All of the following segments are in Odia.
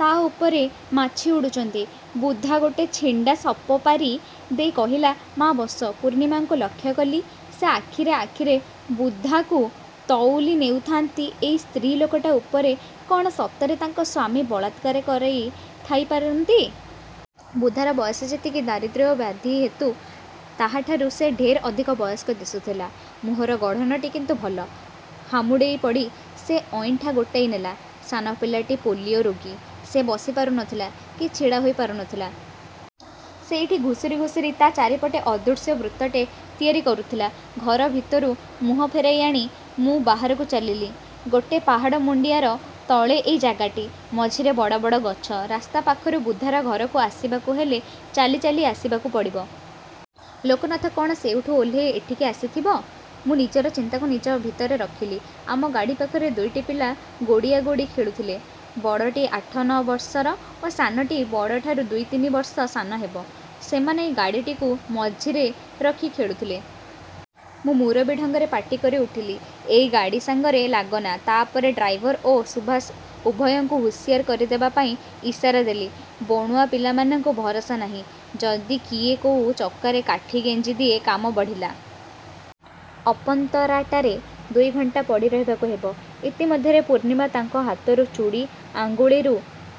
ତା' ଉପରେ ମାଛି ଉଡ଼ୁଛନ୍ତି। ବୁଧା ଗୋଟେ ଛିଣ୍ଡା ଶପ ପାରି ଦେଇ କହିଲା, 'ମା' ବସ।' ପୂର୍ଣ୍ଣିମାଙ୍କୁ ଲକ୍ଷ୍ୟ କଲି। ସେ ଆଖିରେ ଆଖିରେ ବୁଧାକୁ ତଉଲି ନେଉଥାନ୍ତି ଏଇ ସ୍ତ୍ରୀ ଲୋକଟା ଉପରେ କ'ଣ ସତରେ ତାଙ୍କ ସ୍ୱାମୀ ବଳାତ୍କାର କରିଥାଇ ପାରନ୍ତି! ବୁଧାର ବୟସ ଯେତିକି, ଦାରିଦ୍ର୍ୟ ଓ ବ୍ୟାଧି ହେତୁ ତାହାଠାରୁ ସେ ଢେର୍ ଅଧିକ ବୟସ୍କ ଦିଶୁଥିଲା। ମୁହଁର ଗଢ଼ଣଟି କିନ୍ତୁ ଭଲ। ହାମୁଡ଼େଇ ପଡ଼ି ସେ ଅଇଁଠା ଗୋଟେଇ ନେଲା। ସାନ ପିଲାଟି ପୋଲିଓ ରୋଗୀ। ସେ ବସି ପାରୁ ନଥିଲା କି ଛିଡ଼ା ହୋଇ ପାରୁ ନଥିଲା। ସେଇଠି ଘୁଷୁରି ଘୁଷୁରି ତା' ଚାରିପଟେ ଅଦୃଶ୍ୟ ବୃତ୍ତଟେ ତିଆରି କରୁଥିଲା। ଘର ଭିତରୁ ମୁହଁ ଫେରେଇ ଆଣି ମୁଁ ବାହାରକୁ ଚାହିଁଲି। ଗୋଟେ ପାହାଡ଼ ମୁଣ୍ଡିଆର ତଳେ ଏଇ ଜାଗାଟି। ମଝିରେ ବଡ଼ ବଡ଼ ଗଛ। ରାସ୍ତା ପାଖରୁ ବୁଧାର ଘରକୁ ଆସିବାକୁ ହେଲେ ଚାଲି ଚାଲି ଆସିବାକୁ ପଡ଼ିବ। ଲୋକନାଥ କ'ଣ ସେଉଠୁ ଓହ୍ଲେଇ ଏଠିକି ଆସିଥିବ! ମୁଁ ନିଜର ଚିନ୍ତାକୁ ନିଜ ଭିତରେ ରଖିଲି। ଆମ ଗାଡ଼ି ପାଖରେ ଦୁଇଟି ପିଲା ଗୋଡ଼ିଆଗୋଡ଼ି ଖେଳୁଥିଲେ। ବଡ଼ଟି ଆଠ ନଅ ବର୍ଷର ଓ ସାନଟି ବଡ଼ଠାରୁ ଦୁଇ ତିନି ବର୍ଷ ସାନ ହେବ। ସେମାନେ ଗାଡ଼ିଟିକୁ ମଝିରେ ରଖି ଖେଳୁଥୁଲେ। ମୁଁ ମୁରବି ଢଙ୍ଗରେ ପାଟି କରି ଉଠିଲି, "ଏଇ, ଗାଡ଼ି ସାଙ୍ଗରେ ଲାଗନା।" ତା' ପରେ ଡ୍ରାଇଭର ଓ ସୁଭାଷ ଉଭୟଙ୍କୁ ହୁସିଆର କରିଦେବା ପାଇଁ ଇସାରା ଦେଲି। ବଣୁଆ ପିଲାମାନଙ୍କୁ ଭରସା ନାହିଁ, ଯଦି କିଏ କୋଉ ଚକାରେ କାଠି ଗେଞ୍ଜିଦିଏ କାମ ବଢ଼ିଲା। ଅପନ୍ତରାଟାରେ ଦୁଇ ଘଣ୍ଟା ପଡ଼ି ରହିବାକୁ ହେବ। ଇତିମଧ୍ୟରେ ପୂର୍ଣ୍ଣିମା ତାଙ୍କ ହାତରୁ ଚୁଡ଼ି, ଆଙ୍ଗୁଳିରୁ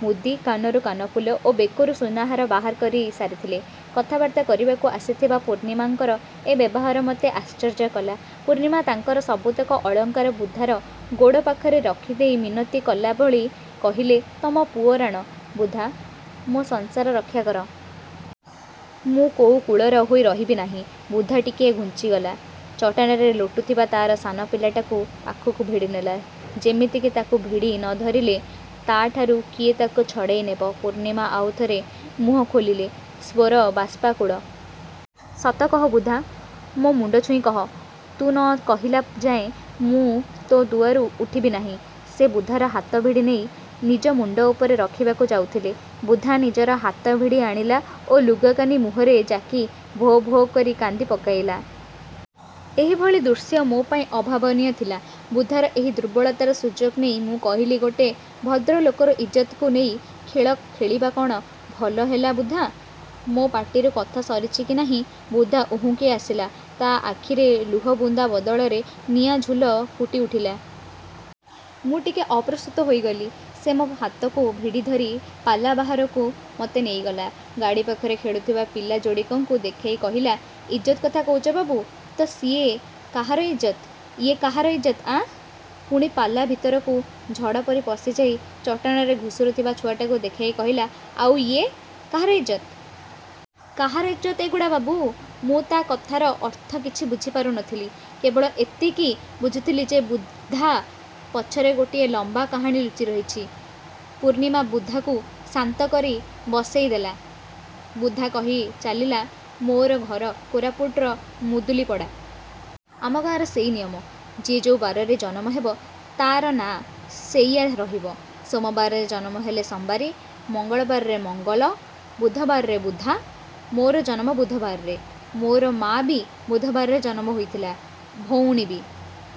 ମୁଦି, କାନରୁ କାନଫୁଲ ଓ ବେକରୁ ସୁନାହାର ବାହାର କରି ସାରିଥିଲେ। କଥାବାର୍ତ୍ତା କରିବାକୁ ଆସିଥିବା ପୂର୍ଣ୍ଣିମାଙ୍କର ଏ ବ୍ୟବହାର ମୋତେ ଆଶ୍ଚର୍ଯ୍ୟ କଲା। ପୂର୍ଣ୍ଣିମା ତାଙ୍କର ସବୁତକ ଅଳଙ୍କାର ବୁଧାର ଗୋଡ଼ ପାଖରେ ରଖିଦେଇ ମିନତି କଲା ଭଳି କହିଲେ, "ତମ ପୁଅ ରାଣ ବୁଧା, ମୋ ସଂସାର ରକ୍ଷା କର। ମୁଁ କୋଉ କୂଳର ହୋଇ ରହିବି ନାହିଁ।" ବୁଧା ଟିକିଏ ଘୁଞ୍ଚିଗଲା। ଚଟାଣରେ ଲୋଟୁଥିବା ତା'ର ସାନ ପିଲାଟାକୁ ପାଖକୁ ଭିଡ଼ି ନେଲା। ଯେମିତିକି ତାକୁ ଭିଡ଼ି ନ ଧରିଲେ ତା'ଠାରୁ କିଏ ତାକୁ ଛଡ଼େଇ ନେବ। ପୂର୍ଣ୍ଣିମା ଆଉ ଥରେ ମୁହଁ ଖୋଲିଲେ। ସ୍ୱର ବାଷ୍ପାକୁଳ। "ସତ କହ ବୁଧା, ମୋ ମୁଣ୍ଡ ଛୁଇଁ କହ। ତୁ ନ କହିଲା ଯାଏ ମୁଁ ତୋ ଦୁଆରୁ ଉଠିବି ନାହିଁ।" ସେ ବୁଧାର ହାତ ଭିଡ଼ି ନେଇ ନିଜ ମୁଣ୍ଡ ଉପରେ ରଖିବାକୁ ଯାଉଥିଲେ ବୁଧା ନିଜର ହାତ ଭିଡ଼ି ଆଣିଲା ଓ ଲୁଗାକାନି ମୁହଁରେ ଜାକି ଭୋ-ଭୋ କରି କାନ୍ଦି ପକେଇଲା। ଏହିଭଳି ଦୃଶ୍ୟ ମୋ ପାଇଁ ଅଭାବନୀୟ ଥିଲା। ବୁଧାର ଏହି ଦୁର୍ବଳତାର ସୁଯୋଗ ନେଇ ମୁଁ କହିଲି, "ଗୋଟେ ଭଦ୍ରଲୋକର ଇଜ୍ଜତକୁ ନେଇ ଖେଳ ଖେଳିବା କ'ଣ ଭଲ ହେଲା ବୁଧା?" ମୋ ପାଟିରୁ କଥା ସରିଛି କି ନାହିଁ ବୁଧା ଉହୁଙ୍କି ଆସିଲା। ତା' ଆଖିରେ ଲୁହ ବୁନ୍ଦା ବଦଳରେ ନିଆଁଝୁଲ ଫୁଟି ଉଠିଲା। ମୁଁ ଟିକେ ଅପ୍ରସ୍ତୁତ ହୋଇଗଲି। ସେ ମୋ ହାତକୁ ଭିଡ଼ି ଧରି ପାଲା ବାହାରକୁ ମୋତେ ନେଇଗଲା। ଗାଡ଼ି ପାଖରେ ଖେଳୁଥୁବା ପିଲା ଯୋଡ଼ିକଙ୍କୁ ଦେଖେଇ କହିଲା, "ଇଜ୍ଜତ କଥା କହୁଛୁ ବାବୁ, ତ ସିଏ କାହାର ଇଜ୍ଜତ, ଇଏ କାହାର ଇଜ୍ଜତ ଆଁ?" ପୁଣି ପାଲା ଭିତରକୁ ଝଡ଼ ପରି ପଶି ଯାଇ ଚଟାଣରେ ଘୁଷୁରୁଥିବା ଛୁଆଟାକୁ ଦେଖେଇ କହିଲା, "ଆଉ, ଇଏ କାହାର ଇଜ୍ଜତ? କାହାର ଇଜ୍ଜତ ଏଗୁଡ଼ା ବାବୁ?" ମୁଁ ତା' କଥାର ଅର୍ଥ କିଛି ବୁଝି ପାରୁ ନଥିଲି। କେବଳ ଏତିକି ବୁଝୁଥିଲି ଯେ ବୁଧା ପଛରେ ଗୋଟିଏ ଲମ୍ବା କାହାଣୀ ଲୁଚି ରହିଛି। ପୂର୍ଣ୍ଣିମା ବୁଧାକୁ ଶାନ୍ତ କରି ବସେଇ ଦେଲେ। ବୁଧା କହି ଚାଲିଲା "ମୋର ଘର କୋରାପୁଟର ମୁଦୁଲିପଡ଼ା। ଆମ ଗାଁର ସେଇ ନିୟମ। ଯିଏ ଯୋଉ ବାରରେ ଜନମ ହେବ ତା'ର ନାଁ ସେଇଆ ରହିବ। ସୋମବାରରେ ଜନମ ହେଲେ ସମ୍ବାରୀ, ମଙ୍ଗଳବାରରେ ମଙ୍ଗଲ, ବୁଧବାରରେ ବୁଧା। ମୋର ଜନମ ବୁଧବାରରେ। ମୋର ମା' ବି ବୁଧବାରରେ ଜନମ ହୋଇଥିଲା, ଭଉଣୀ ବି।"